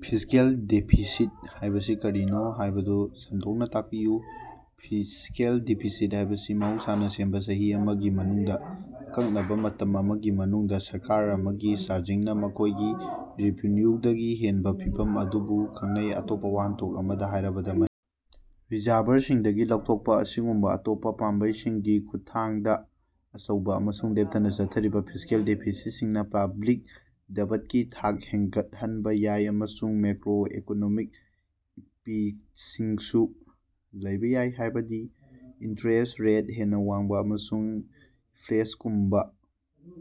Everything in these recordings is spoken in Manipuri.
ꯐꯤꯖꯤꯀꯦꯜ ꯗꯦꯐꯤꯁꯤꯠ ꯍꯥꯏꯕꯁꯤ ꯀꯔꯤꯅꯣ ꯍꯥꯏꯕꯗꯨ ꯁꯟꯗꯣꯛꯅꯥ ꯇꯥꯛꯄꯤꯌꯨ꯫ ꯐꯤꯖꯤꯀꯦꯜ ꯗꯦꯐꯤꯁꯤꯠ ꯍꯥꯏꯕꯁꯤ ꯃꯍꯧꯁꯥꯅꯥ ꯁꯦꯝꯕꯥ ꯆꯍꯤ ꯑꯃꯒꯤ ꯃꯅꯨꯡꯗꯥ ꯑꯀꯛꯅꯕꯥ ꯃꯇꯝ ꯑꯃꯒꯤ ꯃꯅꯨꯡꯗꯥ ꯁꯔꯀꯥꯔ ꯑꯃꯒꯤ ꯆꯥꯔꯖꯤꯡꯅꯥ ꯃꯈꯣꯢꯒꯤ ꯔꯦꯚꯦꯅꯌꯨꯗꯒꯤ ꯍꯦꯟꯕꯥ ꯐꯤꯚꯝ ꯑꯗꯨꯕꯨ ꯈꯪꯅꯩ꯫ ꯑꯇꯣꯞꯄꯥ ꯋꯥꯍꯟꯊꯣꯛ ꯑꯃꯗꯥ ꯍꯥꯏꯔꯕꯗꯥ, ꯃꯁꯤ ꯔꯤꯖꯔꯚꯔꯁꯤꯡꯗꯒꯤ ꯂꯧꯊꯣꯛꯄꯥ ꯑꯁꯤꯒꯨꯝꯕꯥ ꯑꯇꯣꯞꯄꯥ ꯄꯥꯝꯕꯩꯁꯤꯡꯒꯤ ꯈꯨꯠꯊꯥꯡꯗꯥ꯫ ꯑꯆꯧꯕꯥ ꯑꯃꯁꯨꯡ ꯂꯦꯞꯇꯅꯥ ꯆꯠꯊꯔꯤꯕꯥ ꯐꯤꯖꯤꯀꯦꯜ ꯗꯦꯐꯤꯁꯤꯠꯁꯤꯡꯅꯥ ꯄꯕ꯭ꯂꯤꯛ ꯗꯦꯕꯠꯀꯤ ꯊꯥꯛ ꯍꯦꯒꯠꯍꯟꯕꯥ ꯌꯥꯏ ꯑꯃꯁꯨꯡ ꯃꯦꯀꯔꯣ-ꯏꯀꯣꯅꯣꯃꯤꯛ ꯏꯝꯄꯦꯛꯇꯁꯤꯡꯁꯨ ꯂꯩꯕꯥ ꯌꯥꯏ, ꯍꯥꯏꯕꯗꯤ ꯏꯟꯇꯔꯦꯁ ꯔꯦꯠ ꯍꯦꯟꯅꯥ ꯋꯥꯡꯕꯥ ꯑꯃꯁꯨꯡ ꯏꯟꯐ꯭ꯂꯦꯁꯒꯨꯝꯕꯥ꯫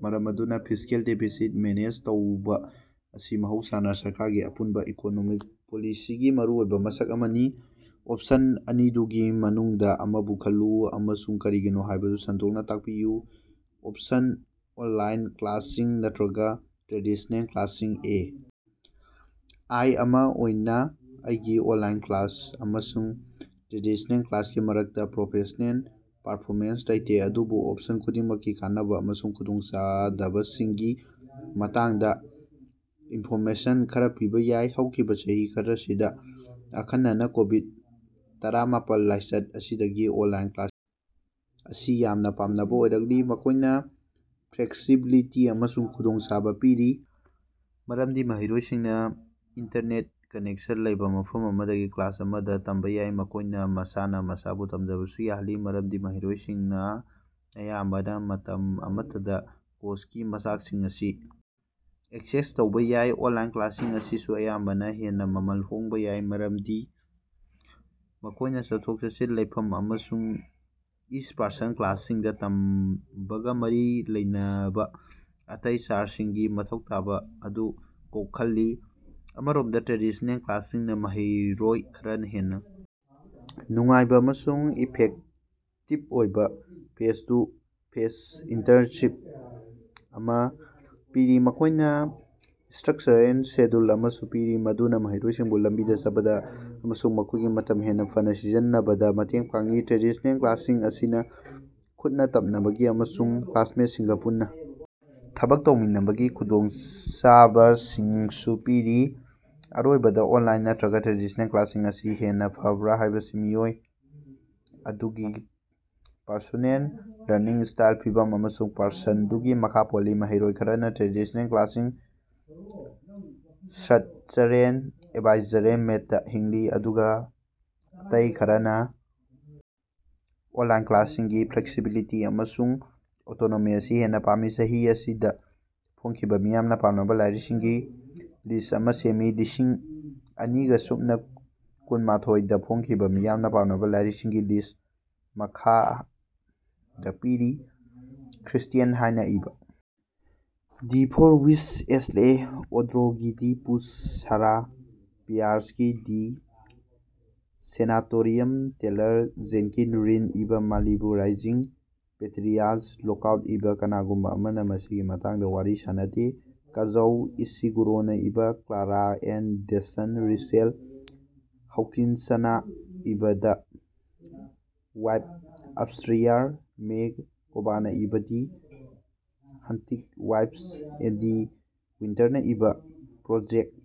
ꯃꯔꯝ ꯑꯗꯨꯅꯥ ꯐꯤꯖꯤꯀꯦꯜ ꯗꯦꯐꯤꯁꯤꯠ ꯃꯦꯅꯦꯖ ꯇꯧꯕꯥ ꯑꯁꯤ ꯃꯍꯧꯁꯥꯅꯥ ꯁꯔꯀꯥꯔꯒꯤ ꯑꯄꯨꯟꯕꯥ ꯏꯀꯣꯅꯣꯃꯤꯛ ꯄꯣꯂꯤꯁꯤꯒꯤ ꯃꯔꯨꯑꯣꯏꯕꯥ ꯃꯁꯛ ꯑꯃꯅꯤ꯫ ꯑꯣꯞꯁꯟ ꯑꯅꯤꯗꯨꯒꯤ ꯃꯅꯨꯡꯗꯥ ꯑꯃꯕꯨ ꯈꯜꯂꯨ ꯑꯃꯁꯨꯡ ꯀꯔꯤꯒꯤꯅꯣ ꯍꯥꯏꯕꯗꯨ ꯁꯟꯗꯣꯛꯅꯥ ꯇꯥꯛꯄꯤꯌꯨ꯫ ꯑꯣꯄꯁꯟꯁꯤꯡ: ꯑꯣꯟꯂꯥꯏꯟ ꯀ꯭ꯂꯥꯁꯁꯤꯡ ꯅꯠꯇꯔꯒꯥ ꯇ꯭ꯔꯦꯗꯤꯁꯅꯦꯜ ꯀ꯭ꯂꯥꯁꯁꯤꯡ꯫ A I. ꯑꯃꯥ ꯑꯣꯏꯅꯥ ꯑꯩꯒꯤ ꯑꯣꯟꯂꯥꯏꯟ ꯀ꯭ꯂꯥꯁ ꯑꯃꯁꯨꯡ ꯇ꯭ꯔꯦꯗꯤꯁꯅꯦꯜ ꯀ꯭ꯂꯥꯁꯀꯤ ꯃꯔꯛꯇꯥ ꯄꯔꯁꯣꯅꯦꯜ ꯄꯔꯐꯣꯔꯦꯟꯁ ꯂꯩꯇꯦ, ꯑꯗꯨꯕꯨ ꯑꯣꯞꯁꯟ ꯈꯨꯗꯤꯡꯃꯛꯀꯤ ꯀꯥꯟꯅꯕꯥ ꯑꯃꯁꯨꯡ ꯈꯨꯗꯣꯡꯆꯥꯗꯕꯁꯤꯡꯒꯤ ꯃꯇꯥꯡꯗꯥ ꯏꯟꯐꯣꯔꯃꯦꯁꯟ ꯈꯔꯥ ꯄꯤꯕꯥ ꯌꯥꯏ꯫ ꯍꯧꯈꯤꯕꯥ ꯆꯍꯤ ꯈꯔꯁꯤꯗꯥ ꯑꯈꯟꯅꯅꯥ ꯀꯣꯕꯤꯠ-ꯇꯔꯥꯃꯥꯄꯜ ꯂꯥꯏꯆꯠ ꯑꯁꯤꯗꯒꯤ ꯑꯣꯟꯂꯥꯏꯟ ꯀ꯭ꯂꯥꯁ ꯑꯁꯤ ꯌꯥꯝꯅꯥ ꯄꯥꯝꯅꯕꯥ ꯑꯣꯏꯔꯛꯂꯤ꯫ ꯃꯈꯣꯌꯅꯥ ꯐ꯭ꯂꯦꯛꯁꯤꯕꯤꯂꯤꯇꯤ ꯑꯃꯁꯨꯡ ꯈꯨꯗꯣꯡꯆꯥꯕꯥ ꯄꯤꯔꯤ, ꯃꯔꯝꯗꯤ ꯃꯍꯩꯔꯣꯏꯁꯤꯡꯅꯥ ꯏꯟꯇꯔꯅꯦꯠ ꯀꯅꯦꯛꯁꯟ ꯂꯩꯕꯥ ꯃꯐꯝ ꯑꯃꯗꯒꯤ ꯀ꯭ꯂꯥꯁ ꯑꯃꯗꯥ ꯇꯝꯕꯥ ꯌꯥꯏ꯫ ꯃꯈꯣꯏꯅꯥ ꯃꯁꯥꯅꯥ ꯃꯁꯥꯕꯨ ꯇꯝꯖꯕꯁꯨ ꯌꯥꯍꯜꯂꯤ, ꯃꯔꯝꯗꯤ ꯃꯍꯩꯔꯣꯏꯁꯤꯡꯅꯥ ꯑꯌꯥꯝꯕꯅꯥ ꯃꯇꯝ ꯑꯃꯠꯇꯗꯥ ꯀꯣꯔꯁꯀꯤ ꯃꯆꯥꯛꯁꯤꯡ ꯑꯁꯤ ꯑꯦꯛꯁꯦꯁ ꯇꯧꯕꯥ ꯌꯥꯏ꯫ ꯑꯣꯟꯂꯥꯏꯟ ꯀ꯭ꯂꯥꯁꯁꯤꯡ ꯑꯁꯤꯁꯨ ꯑꯌꯥꯝꯕꯅꯥ ꯍꯦꯟꯅꯥ ꯃꯃꯜ ꯍꯣꯡꯕꯥ ꯑꯣꯏ, ꯃꯔꯝꯗꯤ ꯃꯈꯣꯏꯅꯥ ꯆꯠꯊꯣꯛ-ꯆꯠꯁꯤꯟ, ꯂꯩꯐꯝ ꯑꯃꯁꯨꯡ ꯏꯟ-ꯄꯔꯁꯟ ꯀ꯭ꯂꯥꯁꯁꯤꯡꯗꯥ ꯇꯝꯕꯒꯥ ꯃꯔꯤ ꯂꯩꯅꯕꯥ ꯑꯇꯩ ꯆꯥꯔꯖꯤꯡꯁꯤꯡꯒꯤ ꯃꯊꯧ ꯇꯥꯕꯥ ꯑꯗꯨ ꯀꯣꯛꯍꯜꯂꯤ꯫ ꯑꯃꯔꯣꯝꯗꯥ, ꯇ꯭ꯔꯦꯗꯤꯁ꯭ꯅꯦꯜ ꯀ꯭ꯂꯥꯁꯁꯤꯡꯅꯥ ꯃꯍꯩꯔꯣꯏ ꯈꯔꯅꯥ ꯍꯦꯟꯅꯥ ꯅꯨꯡꯉꯥꯏꯕꯥ ꯑꯃꯁꯨꯡ ꯏꯐꯦꯛꯇꯤꯞ ꯑꯣꯏꯕꯥ ꯐꯦꯁ-ꯇꯨ-ꯐꯦꯁ ꯏꯟꯇꯔꯦꯛꯁꯟ ꯑꯃꯥ ꯄꯤꯔꯤ꯫ ꯃꯈꯣꯏꯅꯥ ꯁ꯭ꯇꯔꯛꯆꯔꯦꯜ ꯁꯦꯗ꯭ꯌꯨꯜ ꯑꯃꯁꯨ ꯄꯤꯔꯤ, ꯃꯗꯨꯅꯥ ꯃꯍꯩꯔꯣꯏꯁꯤꯡꯕꯨ ꯂꯝꯕꯤꯗꯥ ꯆꯠꯄꯗꯥ ꯑꯃꯁꯨꯡ ꯃꯈꯣꯏꯒꯤ ꯃꯇꯝ ꯍꯦꯟꯅꯥ ꯐꯅꯥ ꯁꯤꯖꯤꯟꯅꯕꯗꯥ ꯃꯇꯦꯡ ꯄꯥꯡꯏ꯫ ꯇ꯭ꯔꯦꯗꯤꯁꯅꯦꯜ ꯀ꯭ꯂꯥꯁꯁꯤꯡ ꯑꯁꯤꯅꯥ ꯈꯨꯠꯅꯥ ꯇꯝꯅꯕꯒꯤ ꯑꯃꯁꯨꯡ ꯀ꯭ꯂꯥꯁꯃꯦꯠꯁꯤꯡꯒꯥ ꯄꯨꯟꯅꯥ ꯊꯕꯛ ꯇꯧꯃꯤꯟꯅꯕꯒꯤ ꯈꯨꯗꯣꯡꯆꯥꯕꯁꯤꯡꯁꯨ ꯄꯤꯔꯤ꯫ ꯑꯔꯣꯏꯕꯗꯥ, ꯑꯣꯅꯂꯥꯏꯟ ꯅꯠꯇꯔꯒꯥ ꯇ꯭ꯔꯦꯗꯤꯁꯅꯦꯜ ꯀ꯭ꯂꯥꯁꯁꯤꯡ ꯑꯁꯤ ꯍꯦꯟꯅꯥ ꯐꯕꯔꯥ ꯍꯥꯏꯕꯁꯤ ꯃꯤꯑꯣꯏ ꯑꯗꯨꯒꯤ ꯄꯔꯁꯣꯅꯦꯜ ꯂꯔꯅꯤꯡ ꯁ꯭ꯇꯥꯏꯜ, ꯐꯤꯚꯝ ꯑꯃꯁꯨꯡ ꯄꯔꯁꯟꯗꯨꯒꯤ ꯃꯈꯥ ꯄꯣꯜꯂꯤ꯫ ꯃꯍꯩꯔꯣꯏ ꯈꯔꯅꯥ ꯇ꯭ꯔꯦꯗꯤꯁ꯭ꯅꯦꯜ ꯀ꯭ꯂꯥꯁꯁꯤꯡꯒꯤ ꯁ꯭ꯠꯔꯛꯆꯔꯦꯜ ꯑꯦꯟꯚꯥꯏꯔꯟꯃꯦꯟꯇꯇꯥ ꯍꯤꯡꯂꯤ, ꯑꯗꯨꯒꯥ ꯑꯇꯩ ꯈꯔꯅꯥ ꯑꯣꯟꯂꯥꯏꯟ ꯀ꯭ꯂꯥꯁꯁꯤꯡꯒꯤ ꯐ꯭ꯂꯦꯛꯁꯤꯕꯤꯂꯤꯇꯤ ꯑꯃꯁꯨꯡ ꯑꯣꯇꯣꯅꯣꯃꯤ ꯑꯁꯤ ꯍꯦꯟꯅꯥ ꯄꯥꯝꯃꯤ꯫ ꯆꯍꯤ ꯑꯁꯤꯗꯥ ꯐꯣꯡꯈꯤꯕꯥ ꯃꯤꯌꯥꯝꯅꯥ ꯄꯥꯝꯅꯕꯥ ꯂꯥꯏꯔꯤꯀꯁꯤꯡꯒꯤ ꯂꯤꯁ꯭ꯠ ꯑꯃꯥ ꯁꯦꯝꯃꯨ꯫ ꯂꯤꯁꯤꯡ ꯑꯅꯤꯒ ꯁꯨꯞꯅ ꯀꯨꯟꯃꯥꯊꯣꯏ ꯗꯥ ꯐꯣꯡꯈꯤꯕꯥ ꯃꯤꯌꯥꯝꯅꯥ ꯄꯥꯝꯅꯕꯥ ꯂꯥꯏꯔꯤꯛꯁꯤꯡꯒꯤ ꯂꯤꯁ꯭ꯠ ꯑꯃꯥ ꯃꯈꯥꯗꯥ ꯄꯤꯔꯤ: ꯀ꯭ꯔꯤꯁ꯭ꯇꯤꯟ ꯍꯥꯟꯅꯥ ꯏꯕꯥ "The Four Winds" Ashley Audrain ꯒꯤ"ꯗꯤ ꯄꯨꯁ" ꯁꯥꯔꯥ ꯄꯤꯌꯥꯔꯁꯀꯤ "ꯗꯤ ꯁꯦꯅꯥꯇꯣꯔꯤꯌꯝ" ꯇꯦꯂꯔ ꯖꯦꯅꯀꯤꯟ ꯔꯤꯟꯗ ꯏꯕꯥ "ꯃꯥꯂꯤꯕꯨ ꯔꯥꯏꯖꯤꯡ"꯫ ꯄꯦꯇꯔꯤꯁꯤꯌꯥ ꯂꯣꯀꯎꯗꯅꯥ ꯏꯕꯥ "ꯀꯅꯥꯒꯨꯝꯕꯥ ꯑꯃꯅꯥ ꯃꯁꯤꯒꯤ ꯃꯇꯥꯡꯗꯥ ꯋꯥꯔꯤ ꯁꯥꯅꯗꯦ" ꯀꯥꯖꯨꯑꯣ ꯏꯁꯤꯒꯨꯔꯣꯅꯥ ꯏꯕꯥ "Klara and the Sun" Rachel ꯍꯧꯀꯤꯟꯁꯅꯥ ꯏꯕꯥ "ꯗ ꯋꯥꯏꯐ ꯑꯞꯁ꯭ꯇꯦꯌꯥꯔ" ꯃꯦ ꯀꯣꯕꯅꯥ ꯏꯕꯥ "ꯗꯤ ꯍꯟꯇꯤꯡ ꯋꯥꯏꯐꯁ" ꯑꯦꯟꯗꯤ ꯋꯤꯔꯇꯅ ꯏꯕ "ꯄ꯭ꯔꯣꯖꯦꯛꯇ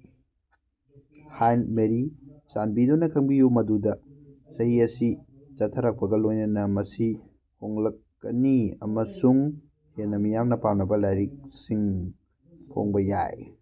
ꯍꯥꯏꯜ ꯃꯦꯔꯤ꯫ ꯆꯥꯟꯕꯤꯗꯨꯅꯥ ꯈꯪꯕꯤꯌꯨ ꯃꯗꯨꯗꯤ ꯆꯍꯤ ꯑꯁꯤ ꯆꯠꯊꯔꯛꯄꯒꯥ ꯂꯣꯏꯅꯅꯥ ꯃꯁꯤ ꯍꯣꯡꯂꯛꯀꯅꯤ ꯑꯃꯁꯨꯡ ꯍꯦꯟꯅꯥ ꯃꯤꯌꯥꯝꯅꯥ ꯄꯥꯝꯅꯕꯥ ꯂꯥꯏꯔꯤꯛꯁꯤꯡ ꯐꯣꯡꯕꯥ ꯌꯥꯏ꯫।